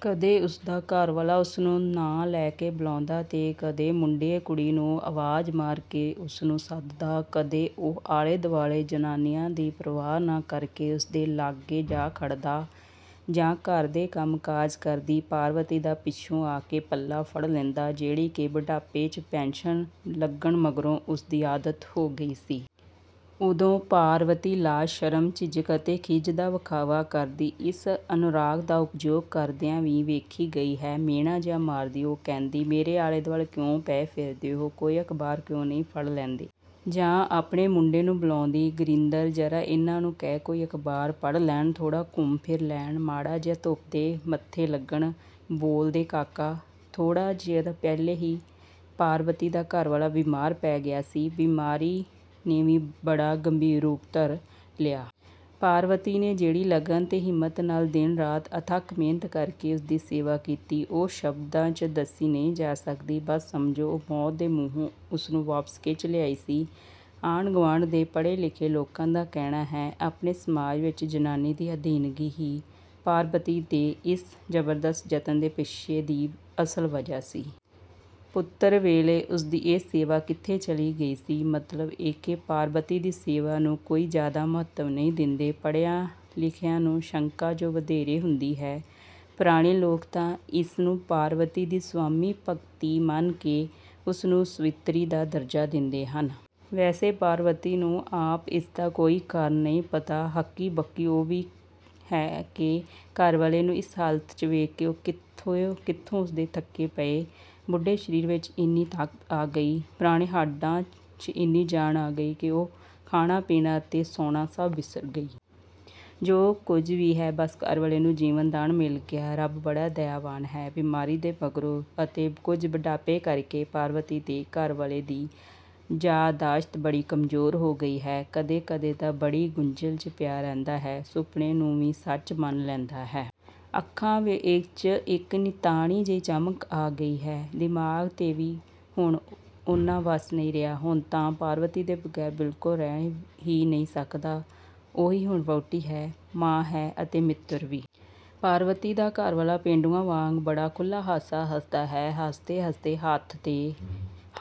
ਕਦੇ ਉਸਦਾ ਘਰਵਾਲਾ ਉਸਨੂੰ ਨਾਂ ਲੈ ਕੇ ਬੁਲਾਉਂਦਾ 'ਤੇ ਕਦੇ ਮੁੰਡੇ-ਕੁੜੀ ਨੂੰ ਅਵਾਜ਼ ਮਾਰ ਕੇ ਉਸਨੂੰ ਸੱਦਦਾ। ਕਦੇ ਉਹਦੇ ਆਲੇ-ਦੁਆਲੇ ਜਨਾਨੀਆਂ ਦੀ ਪਰਵਾਹ ਨਾ ਕਰਕੇ ਉਸਦੇ ਲਾਗੇ ਜਾ ਖੜ੍ਹਦਾ, ਜਾਂ ਘਰ ਦੇ ਕੰਮ-ਕਾਜ ਕਰਦੀ ਪਾਰਵਤੀ ਦਾ ਪਿੱਛੋਂ ਆ ਕੇ ਪੱਲਾ ਫੜ ਲੈਂਦਾ, ਜਿਹੜੀ ਕਿ ਬੁਢਾਪੇ 'ਚ ਪੈਨਸ਼ਨ ਲੱਗਣ ਮਗਰੋਂ ਉਸਦੀ ਆਦਤ ਹੋ ਗਈ ਸੀ। ਉਦੋਂ ਪਾਰਵਤੀ ਲਾਜ-ਸ਼ਰਮ, ਝਿਝਕ ਅਤੇ ਖਿੱਝ ਦਾ ਵਖਾਵਾ ਕਰਦੀ, ਇਸ ਅਨੁਰਾਗ ਦਾ ਉਪਯੋਗ ਕਰਦਿਆਂ ਵੀ ਵੇਖੀ ਗਈ ਹੈ। ਮਿਹਣਾ ਜਿਹਾ ਮਾਰਦੀ ਉਹ ਕਹਿੰਦੀ, "ਮੇਰੇ ਆਲੇ-ਦੁਆਲੇ ਕਿਉਂ ਪਏ ਫਿਰਦੇ ਹੋ? ਕੋਈ ਅਖ਼ਬਾਰ ਕਿਉਂ ਨਹੀਂ ਫੜ ਲੈਂਦੇ?" ਜਾਂ ਆਪਣੇ ਮੁੰਡੇ ਨੂੰ ਬੁਲਾਉਂਦੀ "ਗਿਰਿੰਦਰ, ਜ਼ਰਾ ਇਨ੍ਹਾਂ ਨੂੰ ਕਹਿ ਕੋਈ ਅਖ਼ਬਾਰ ਪੜ੍ਹ ਲੈਣ, ਥੋੜ੍ਹਾ ਘੁੰਮ-ਫਿਰ ਲੈਣ, ਮਾੜਾ ਜਿਹਾ ਧੁੱਪ ਦੇ ਮੱਥੇ ਲੱਗਣ, ਬੋਲ ਦੇ ਕਾਕਾ!" ਥੋੜ੍ਹਾ ਚਿਰ ਪਹਿਲੇ ਹੀ ਪਾਰਵਤੀ ਦਾ ਘਰਵਾਲਾ ਬਿਮਾਰ ਪੈ ਗਿਆ ਸੀ, ਬਿਮਾਰੀ ਨੇ ਵੀ ਬੜਾ ਗੰਭੀਰ ਰੂਪ ਧਰ ਲਿਆ। ਪਾਰਵਤੀ ਨੇ ਜਿਹੜੀ ਲਗਨ 'ਤੇ ਹਿੰਮਤ ਨਾਲ਼ ਦਿਨ-ਰਾਤ ਅਥੱਕ ਮਿਹਨਤ ਕਰਕੇ ਉਸਦੀ ਸੇਵਾ ਕੀਤੀ ਉਹ ਸ਼ਬਦਾਂ 'ਚ ਦੱਸੀ ਨਹੀਂ ਜਾ ਸਕਦੀ। ਬੱਸ ਸਮਝੋ, ਉਹ ਮੌਤ ਦੇ ਮੂੰਹੋਂ ਉਸਨੂੰ ਵਾਪਸ ਖਿੱਚ ਲਿਆਈ ਸੀ। ਆਂਢ-ਗੁਆਂਢ ਦੇ ਪੜ੍ਹੇ-ਲਿਖੇ ਲੋਕਾਂ ਦਾ ਕਹਿਣਾ ਹੈ, ਆਪਣੇ ਸਮਾਜ ਵਿੱਚ ਜਨਾਨੀ ਦੀ ਅਧੀਨਗੀ ਹੀ ਪਾਰਵਤੀ ਦੇ ਇਸ ਜ਼ਬਰਦਸਤ ਜਤਨ ਦੇ ਪਿੱਛੇ ਦੀ ਅਸਲ ਵਜ੍ਹਾ ਸੀ। ਪੁੱਤਰ ਵੇਲੇ ਉਸਦੀ ਇਹ ਸੇਵਾ ਕਿੱਥੇ ਚਲੀ ਗਈ ਸੀ? ਮਤਲਬ ਇਹ ਕਿ ਪਾਰਵਤੀ ਦੀ ਸੇਵਾ ਨੂੰ ਕੋਈ ਜ਼ਿਆਦਾ ਮਹੱਤਵ ਨਹੀਂ ਦਿੰਦੇ; ਪੜ੍ਹਿਆਂ-ਲਿਖਿਆਂ ਨੂੰ ਸ਼ੰਕਾ ਜੋ ਵਧੇਰੇ ਹੁੰਦੀ ਹੈ। ਪੁਰਾਣੇ ਲੋਕ ਤਾਂ ਇਸਨੂੰ ਪਾਰਵਤੀ ਦੀ ਸਵਾਮੀ-ਭਕਤੀ ਮੰਨ ਕੇ ਉਸਨੂੰ ਸਾਵਿਤਰੀ ਦਾ ਦਰਜਾ ਦਿੰਦੇ ਹਨ। ਵੈਸੇ ਪਾਰਵਤੀ ਨੂੰ ਆਪ ਇਸਦਾ ਕੋਈ ਕਾਰਣ ਨਹੀਂ ਪਤਾ। ਹੱਕੀ-ਬੱਕੀ ਉਹ ਵੀ ਹੈ ਕਿ ਘਰਵਾਲੇ ਨੂੰ ਇਸ ਹਾਲ 'ਚ ਵੇਖ ਕੇ ਕਿੱਥੋਂ ਉਸਦੇ ਥੱਕੇ ਪਏ, ਬੁੱਢੇ ਸ਼ਰੀਰ ਵਿੱਚ ਇੰਨੀ ਤਾਕਤ ਆ ਗਈ, ਪੁਰਾਣੇ ਹੱਡਾਂ 'ਚ ਇੰਨੀ ਜਾਨ ਆ ਗਈ ਕਿ ਉਹ ਖਾਣਾ, ਪੀਣਾ ਅਤੇ ਸੌਣਾ ਸਭ ਵਿਸਰ ਗਈ। ਜੋ ਕੁੱਝ ਵੀ ਹੈ, ਬੱਸ ਘਰਵਾਲੇ ਨੂੰ ਜੀਵਨਦਾਨ ਮਿਲ ਗਿਆ; ਰੱਬ ਬੜਾ ਦਇਆਵਾਨ ਹੈ! ਬਿਮਾਰੀ ਦੇ ਮਗਰੋਂ, ਅਤੇ ਕੁੱਝ ਬੁਢਾਪੇ ਕਰਕੇ ਪਾਰਵਤੀ ਦੇ ਘਰਵਾਲੇ ਦੀ ਯਾਦਾਸ਼ਤ ਬੜੀ ਕਮਜ਼ੋਰ ਹੋ ਗਈ ਹੈ। ਕਦੇ-ਕਦੇ ਤਾਂ ਬੜੀ ਗੁੰਝਲ 'ਚ ਪਿਆ ਰਹਿੰਦਾ ਹੈ, ਸੁਫ਼ਨੇ ਨੂੰ ਵੀ ਸੱਚ ਮੰਨ ਲੈਂਦਾ ਹੈ। ਅੱਖਾਂ ਵਿੱਚ ਇੱਕ ਨਿਤਾਣੀ ਜਿਹੀ ਚਮਕ ਆ ਗਈ ਹੈ। ਦਿਮਾਗ 'ਤੇ ਵੀ ਹੁਣ ਓਨਾ ਵੱਸ ਨਹੀਂ ਰਿਹਾ। ਹੁਣ ਤਾਂ ਪਾਰਵਤੀ ਦੇ ਬਗ਼ੈਰ ਬਿਲਕੁਲ ਰਹਿ ਹੀ ਨਹੀਂ ਸਕਦਾ। ਉਹੀ ਹੁਣ ਵਹੁਟੀ ਹੈ, ਮਾਂ ਹੈ ਅਤੇ ਮਿੱਤਰ ਵੀ। ਪਾਰਵਤੀ ਦਾ ਘਰਵਾਲਾ ਪੇਂਡੂਆਂ ਵਾਂਗ ਬੜਾ ਖੁੱਲ੍ਹਾ ਹਾਸਾ ਹੱਸਦਾ ਹੈ, ਹੱਸਦੇ-ਹੱਸਦੇ ਹੱਥ 'ਤੇ ਹੱਥ